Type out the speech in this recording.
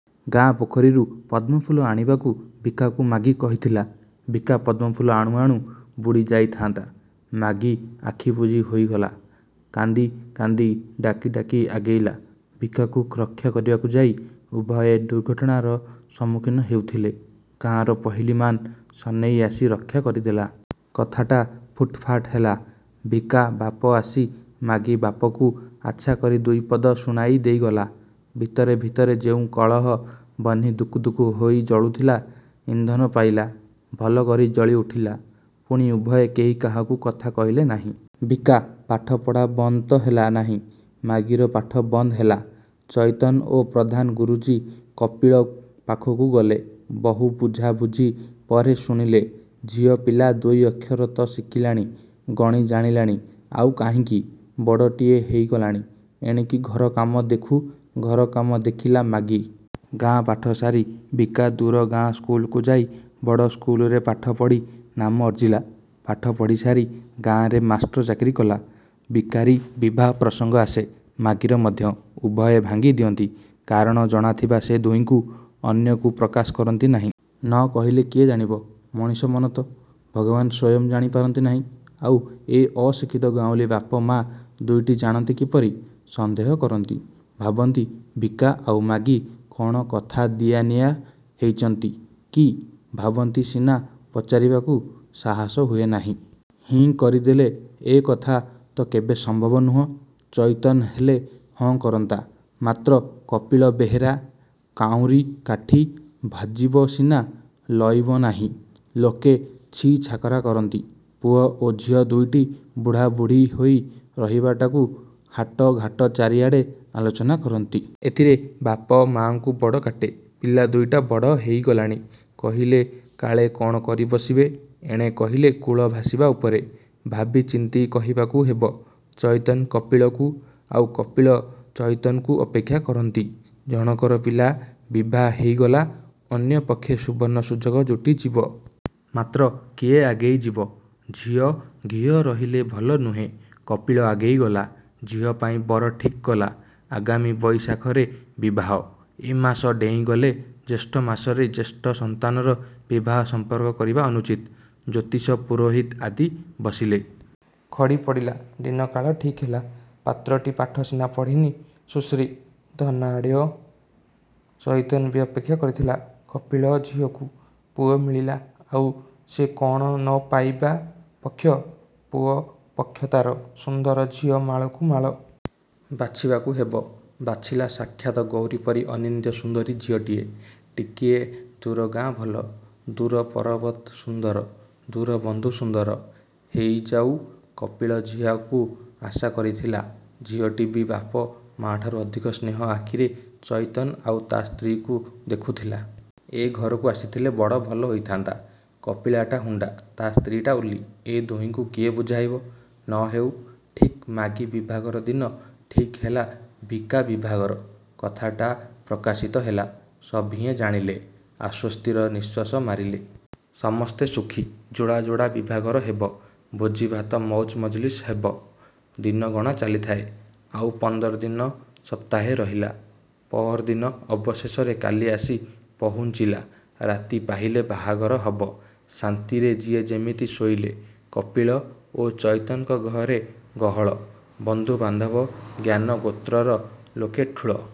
ଗାଁ ପୋଖରୀରୁ ପଦ୍ମଫୁଲ ଆଣିବାକୁ ଭିକାକୁ ମାଗି କହିଥିଲା। ଭିକା ପଦ୍ମଫୁଲ ଆଣୁ ଆଣୁ ବୁଡ଼ିଯାଇ ଥାଆନ୍ତା, ମାଗି ଆଖି ବୁଜି ହୋଇଗଲା। କାନ୍ଦି କାନ୍ଦି ଡାକି ଡାକି ଆଗେଇଲା। ଭିକାକୁ ରକ୍ଷା କରିବାକୁ ଯାଇ ଉଭୟେ ଦୁର୍ଘଟଣାର ସମ୍ମୁଖୀନ ହେଉଥିଲେ। ଗାଁର ପହିଲିମାନ ସନେଇ ଆସି ରକ୍ଷା କରିଦେଲା। କଥାଟା ଫୁଟ ଫାଟ ହେଲା। ଭିକା ବାପ ଆସି ମାଗି ବାପକୁ ଆଚ୍ଛା କରି ଦୁଇପଦ ଶୁଣାଇ ଦେଇଗଲା। ଭିତରେ ଭିତରେ ଯେଉଁ କଳହ ବହ୍ନି ଦୁକୁ ଦୁକୁ ହୋଇ ଜଳୁଥିଲା, ଇନ୍ଧନ ପାଇଲା, ଭଲ କରି ଜଳିଉଠିଲା। ପୁଣି ଉଭୟେ କେହି କାହାକୁ କଥା କହିଲେ ନାହିଁ। ଭିକା ପାଠପଢ଼ା ବନ୍ଦ ତ ହେଲା ନାହିଁ, ମାଗିର ପାଠ ବନ୍ଦ ହେଲା। ଚଇତନ ଓ ପ୍ରଧାନ ଗୁରୁଜୀ କପିଳ ପାଖକୁ ଗଲେ। ବହୁ ବୁଝା ବୁଝି ପରେ ଶୁଣିଲେ, ଝିଅ ପିଲା ଦୁଇ ଅକ୍ଷର ତ ଶିଖିଲାଣି, ଗଣି ଜାଣିଲାଣି, ଆଉ କାହିଁକି? ବଡ଼ଟିଏ ହେଇଗଲାଣି, ଏଣିକି ଘରକାମ ଦେଖୁ ଘରକାମ ଦେଖିଲା ମାଗି। ଗାଁ ପାଠ ସାରି ଭିକା ଦୂର ଗାଁ ସ୍କୁଲକୁ ଯାଇ ବଡ଼ ସ୍କୁଲରେ ପାଠପଢ଼ି ନାମ ଅର୍ଜିଲା। ପାଠ ପଢ଼ିସାରି ଗାଁରେ ମାଷ୍ଟ୍ର ଚାକିରୀ କଲା। ଭିକାରୀ ବିବାହ ପ୍ରସଙ୍ଗ ଆସେ। ମାଗିର ମଧ୍ୟ। ଉଭୟେ ଭାଙ୍ଗି ଦିଅନ୍ତି। କାରଣ ଜଣାଥିବା ସେ ଦୁହିଁଙ୍କୁ। ଅନ୍ୟକୁ ପ୍ରକାଶ କରନ୍ତି ନାହିଁ। ନ କହିଲେ କିଏ ଜାଣିବ! ମଣିଷ ମନ ତ, ଭଗବାନ ସ୍ୱୟଂ ଜାଣିପାରି ନାହାନ୍ତି, ଆଉ ଏ ଅଶିକ୍ଷିତ ଗାଉଁଲୀ ବାପ ମା ଦୁଇଟି ଜାଣନ୍ତେ କିପରି-? ସନ୍ଦେହ କରନ୍ତି। ଭାବନ୍ତି 'ଭିକା' ଆଉ 'ମାଗି' କ'ଣ କଥା ଦିଆନିଆ ହେଇଚନ୍ତି କି? ଭାବନ୍ତି ସିନା, ପଚାରିବାକୁ ସାହସ ହୁଏ ନାହିଁ। ହିଁ କରିଦେଲେ, ଏ କଥା ତ କେବେ ସମ୍ଭବ ନୁହଁ-। ଚଇତନ ହେଲେ ହଁ କରନ୍ତା; ମାତ୍ର କପିଳ ବେହେରା କାଉଁରୀ କାଠି, ଭାଜିବ ସିନା ଲଇଁବ ନାହିଁ-। ଲୋକେ ଛି ଛାକର କରନ୍ତି। ପୁଅ ଓ ଝିଅ ଦୁଇଟି ବୁଢ଼ା ବୁଢ଼ୀ ହୋଇ ରହିବାଟାକୁ, ହାଟ, ଘାଟ ଚାରିଆଡ଼େ ଆଲୋଚନା କରନ୍ତି। ଏଥିରେ ବାପ ମା'ଙ୍କୁ ବଡ଼ କାଟେ। ପିଲା ଦୁଇଟା ବଡ଼ ହେଇଗଲାଣି। କହିଲେ କାଳେ କ'ଣ କରିବସିବେ, ଏଣେ କହିଲେ କୁଳ ଭାସିବା ଉପରେ। ଭାବିଚିନ୍ତି କହିବାକୁ ହେବ। ଚଇତନ କପିଳକୁ ଆଉ କପିଳ ଚଇତନକୁ ଅପେକ୍ଷା କରନ୍ତି। ଜଣକର ପିଲା ବିଭା ହେଇଗଲା ଅନ୍ୟ ପକ୍ଷେ ସୁବର୍ଣ୍ଣ ସୁଯୋଗ ଜୁଟିଯିବ। ମାତ୍ର କିଏ ଆଗେଇ ଯିବ। 'ଝିଅ' 'ଘିଅ' ରହିଲେ ଭଲ ନୁହେଁ। କପିଳ ଆଗେଇ ଗଲା। ଝିଅ ପାଇଁ ବର ଠିକ୍ କଲା। ଆଗାମୀ ବଇଶାଖରେ ବିବାହ। ଏମାସ ଡେଇଁଗଲେ ଜ୍ୟେଷ୍ଠମାସରେ ଜ୍ୟେଷ୍ଠ ସନ୍ତାନର ବିବାହ ସମ୍ପର୍କ କରିବା ଅନୁଚିତ। ଜ୍ୟୋତିଷ, ପୁରୋହିତ ଆଦି ବସିଲେ। ଖଡ଼ି ପଡ଼ିଲା। ଦିନ କାଳ ଠିକ୍ ହେଲା। ପାତ୍ରଟି ପାଠ ସିନା ପଢ଼ିନି; ସୁଶ୍ରୀ, ଧନାଢ଼୍ୟ। ଚଇତନ ବି ଅପେକ୍ଷା କରିଥିଲା। କପିଳ ଝିଅକୁ ପୁଅ ମିଳିଲା, ଆଉ ସେ କ'ଣ ନ ପାଇବା ପକ୍ଷ? ପୁଅ ପକ୍ଷ ତାର। ସୁନ୍ଦର ଝିଅ ମାଳକୁ ମାଳ। ବାଛିବାକୁ ହେବ। ବାଛିଲା ସାକ୍ଷାତ୍ ଗୌରୀ ପରି ଅନିନ୍ଦ୍ୟସୁନ୍ଦରୀ ଝିଅଟିଏ। ଟିକିଏ ଦୂର ଗାଁ ଭଲ। ଦୂର ପରବତ ସୁନ୍ଦର, ଦୂର ବନ୍ଧୁ ସୁନ୍ଦର। ହେଇଯାଉ, କପିଳ ଝିଅକୁ ଆଶା କରିଥିଲା। ଝିଅଟି ବି ବାପ ମା'ଠାରୁ ଅଧିକ ସ୍ନେହ ଆଖିରେ ଚଇତନ ଆଉ ତା ସ୍ତ୍ରୀକୁ ଦେଖୁଥିଲା। ଏ ଘରକୁ ଆସିଥିଲେ ବଡ଼ ଭଲ ହୋଇଥାଆନ୍ତା। କପିଳଟା ହୁଣ୍ତା, ତା ସ୍ତ୍ରୀଟା ଉଲ୍ଲୀ। ଏ ଦୁହିଁଙ୍କୁ କିଏ ବୁଝାଇବ। ନ ହେଉ। ଠିକ୍ 'ମାଗି' ବିଭାଘର ଦିନ ଠିକ୍ ହେଲା ଭିକା ବିଭାଘର। କଥାଟା ପ୍ରକାଶିତ ହେଲା। ସଭିଏଁ ଜାଣିଲେ। ଆଶ୍ୱସ୍ତିର ନିଶ୍ୱାସ ମାରିଲେ। ସମସ୍ତେ ସୁଖୀ। ଯୋଡ଼ା ଯୋଡ଼ା ବିଭାଘର ହେବ। ଭୋଜି ଭାତ ମଉଜ ମଜଲିସ ହେବ। ଦିନ ଗଣା ଚାଲିଥାଏ। ଆଉ ପନ୍ଦର ଦିନ, ସପ୍ତାହେ ରହିଲା। ପଅରଦିନ, ଅବଶେଷରେ କାଲି ଆସି ପହୁଞ୍ଚିଲା। ରାତି ପାହିଲେ ବାହାଘର ହବ। ଶାନ୍ତିରେ ଯିଏ ଯେମିତି ଶୋଇଲେ। କପିଳ ଓ ଚଇତନଙ୍କ ଘରେ ଗହଳ। ବନ୍ଧୁ ବାନ୍ଧବ, ଜ୍ଞାନ ଗୋତ୍ରର ଲୋକେ ଠୁଳ।